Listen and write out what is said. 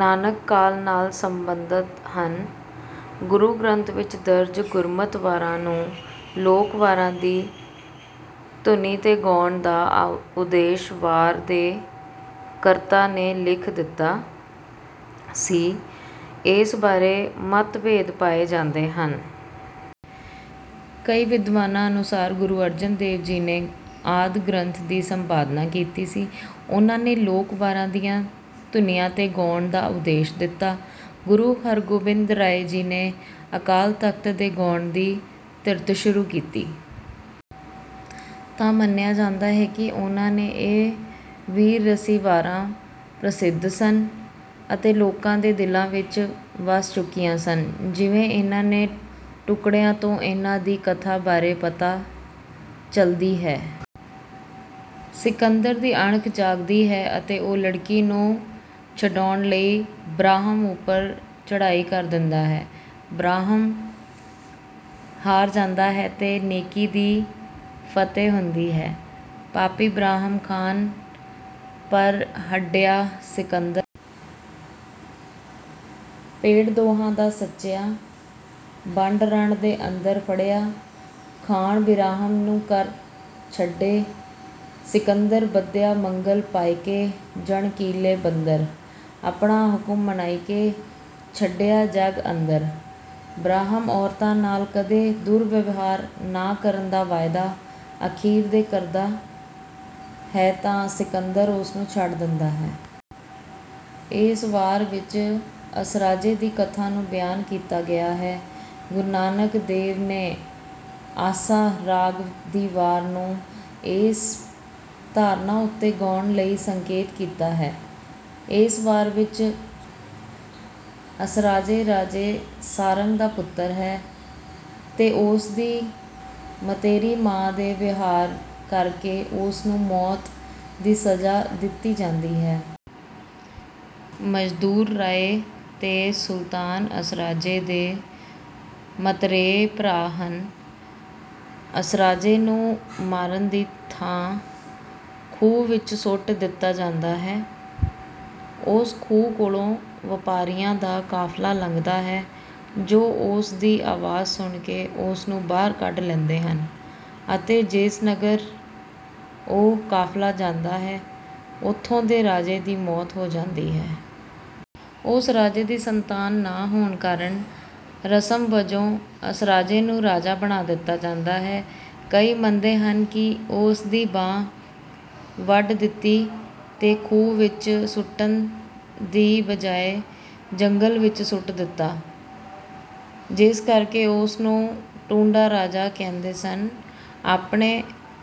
ਨਾਨਕ ਕਾਲ ਨਾਲ ਸਬੰਧਿਤ ਹਨ। ਗੁਰੂ ਗ੍ਰੰਥ ਵਿੱਚ ਦਰਜ ਗੁਰਮਤਿ ਵਾਰਾਂ ਨੂੰ ਲੋਕ ਵਾਰਾਂ ਦੀ ਧੁਨੀ ਤੇ ਗਾਉਣ ਦਾ ਉਦੇਸ਼ ਵਾਰ ਦੇ ਕਰਤਾ ਨੇ ਲਿਖ ਦਿੱਤਾ ਸੀ। ਇਸ ਬਾਰੇ ਮਤਭੇਦ ਪਾਏ ਜਾਂਦੇ ਹਨ। ਕਈ ਵਿਦਵਾਨਾਂ ਅਨੁਸਾਰ ਗੁਰੂ ਅਰਜਨ ਦੇਵ ਜੀ ਨੇ ਆਦਿ ਗ੍ਰੰਥ ਦੀ ਸੰਪਾਦਨਾ ਕੀਤੀ ਸੀ। ਉਹਨਾਂ ਨੇ ਲੋਕ ਵਾਰਾਂ ਦੀਆਂ ਧੁਨੀਆਂ ਤੇ ਗਾਉਣ ਦਾ ਉਦੇਸ਼ ਦਿੱਤਾ। ਗੁਰੂ ਹਰ ਗੋਬਿੰਦ ਰਾਏ ਜੀ ਨੇ ਅਕਾਲ ਤਖ਼ਤ ਤੇ ਗਾਉਣ ਦੀ ਧਿਰਤ ਸ਼ੁਰੂ ਕੀਤਾ। ਤਾਂ ਮੰਨਿਆ ਜਾਂਦਾ ਹੈ ਕਿ ਉਹਨਾਂ ਨੇ ਇਹ ਵੀਰ ਰਸੀ ਵਾਰਾਂ ਪ੍ਰਸਿੱਧ ਸਨ ਅਤੇ ਲੋਕਾਂ ਦੇ ਦਿਲਾਂ ਵਿੱਚ ਵਸ ਚੁੱਕੀਆਂ ਸਨ। ਜਿਵੇਂ ਇਹਨਾਂ ਦੇ ਟੁਕੜਿਆਂ ਤੋਂ ਇਹਨਾਂ ਦੀ ਕਥਾ ਬਾਰੇ ਪਤਾ ਚਲਦੀ ਹੈ। ਸਿਕੰਦਰ ਦੀ ਅਣਖ ਜਾਗਦੀ ਹੈ ਤੇ ਉਹ ਲੜਕੀ ਨੂੰ ਛੁਡਾਉਣ ਲਈ ਬਿਰਾਹਮ ਉਪਰ ਚੜ੍ਹਾਈ ਕਰ ਦਿੰਦਾ ਹੈ। ਬਿਰਾਹਮ ਹਾਰ ਜਾਂਦਾ ਹੈ ਤੇ ਨੇਕੀ ਦੀ ਫਤਹਿ ਹੁੰਦੀ ਹੈ। ਪਾਪੀ ਬਿਰਾਹਮ ਖਾਨ ਪਰ ਹਢਿਆ ਸਿਕੰਦਰ। ਭੇੜ ਦੋਹਾਂ ਦਾ ਸੱਚਿਆਂ ਬਡ ਰਣ ਦੇ ਅੰਦਰ ਫੜ੍ਹਿਆ ਖਾਨ ਬਿਰਾਹਮ ਨੂੰ ਕਰ ਛਡੇ ਸਿਕੰਦਰ ਬੱਧਯਾ ਮੰਗਲ ਪਾਇਕੇ ਜਣ ਕੀਲੇ ਬੰਦਰ। ਆਪਣਾ ਹੁਕਮ ਮਨਾਇਕੈ ਛਡਿਯਾ ਜੱਗ ਅੰਦਰ। ਬਿਰਾਹਮ ਔਰਤਾਂ ਨਾਲ ਕਦੇ ਦੁਰਵਿਵਹਾਰ ਨਾ ਕਰਨ ਦਾ ਵਾਅਦਾ ਅਖੀਰ ਤੇ ਕਰਦਾ ਹੈ ਤੇ ਸਿਕੰਦਰ ਉਸਨੂੰ ਛੱਡ ਦਿੰਦਾ ਹੈ। ਇਸ ਵਾਰ ਵਿੱਚ ਅਸਰਾਜੇ ਦੀ ਕਥਾ ਨੂੰ ਬਿਆਨ ਕੀਤਾ ਗਿਆ ਹੈ। ਗੁਰੂ ਨਾਨਕ ਦੇਵ ਨੇ ਆਸਾ ਰਾਗ ਦੀ ਵਾਰ ਨੂੰ ਇਸ ਧਾਰਨਾ ਉਤੇ ਗਾਉਣ ਲਈ ਸੰਕੇਤ ਕੀਤਾ ਹੈ। ਇਸ ਵਾਰ ਵਿੱਚ ਅਸਰਾਜੇ ਰਾਜੇ ਸਾਰੰਗ ਦਾ ਪੁੱਤਰ ਹੈ ਤੇ ਉਸਦੀ ਮਤਰੇਈ ਮਾਂ ਦੇ ਵਿਵਹਾਰ ਕਰਕੇ ਉਸਨੂੰ ਮੌਤ ਦੀ ਸਜ਼ਾ ਦਿੱਤੀ ਜਾਂਦੀ ਹੈ। ਮਜਦੂਰ ਰਾਏ ਤੇ ਸੁਲਤਾਨ ਅਸਰਾਜੇ ਦੇ ਮਤਰੇਏ ਭਰਾ ਹਨ। ਅਸਰਾਜੇ ਨੂੰ ਮਾਰਨ ਦੀ ਥਾਂ ਖੂਹ ਵਿੱਚ ਸੁੱਟ ਦਿੱਤਾ ਜਾਂਦਾ ਹੈ। ਉਸ ਖੂਹ ਕੋਲੋਂ ਵਪਾਰੀਆਂ ਦਾ ਕਾਫਲਾ ਲੰਘਦਾ ਹੈ ਜੋ ਉਸ ਦੀ ਅਵਾਜ਼ ਸੁਣ ਕੇ ਉਸਨੂੰ ਬਾਹਰ ਕੱਢ ਲੈਂਦੇ ਹਨ ਅਤੇ ਜਿਸ ਨਗਰ ਉਹ ਕਾਫਲਾ ਜਾਂਦਾ ਹੈ ਉਥੋਂ ਦੇ ਰਾਜੇ ਦੀ ਮੌਤ ਹੋ ਜਾਂਦੀ ਹੈ। ਉਸ ਰਾਜੇ ਦੀ ਸੰਤਾਨ ਨਾ ਹੋਣ ਕਾਰਨ ਰਸਮ ਵਜੋਂ ਅਸਰਾਜੇ ਨੂੰ ਰਾਜਾ ਬਣਾ ਦਿੱਤਾ ਜਾਂਦਾ ਹੈ। ਕਈ ਮੰਨਦੇ ਹਨ ਕਿ ਉਸ ਦੀ ਬਾਂਹ ਵੱਢ ਦਿੱਤੀ ਤੇ ਖੂਹ ਵਿੱਚ ਸੁੱਟਣ ਦੀ ਬਜਾਏ ਜੰਗਲ ਵਿੱਚ ਸੁੱਟ ਦਿੱਤਾ। ਜਿਸ ਕਰਕੇ ਉਸਨੂੰ ਟੁੰਡਾ ਰਾਜਾ ਕਹਿੰਦੇ ਸਨ। ਆਪਣੇ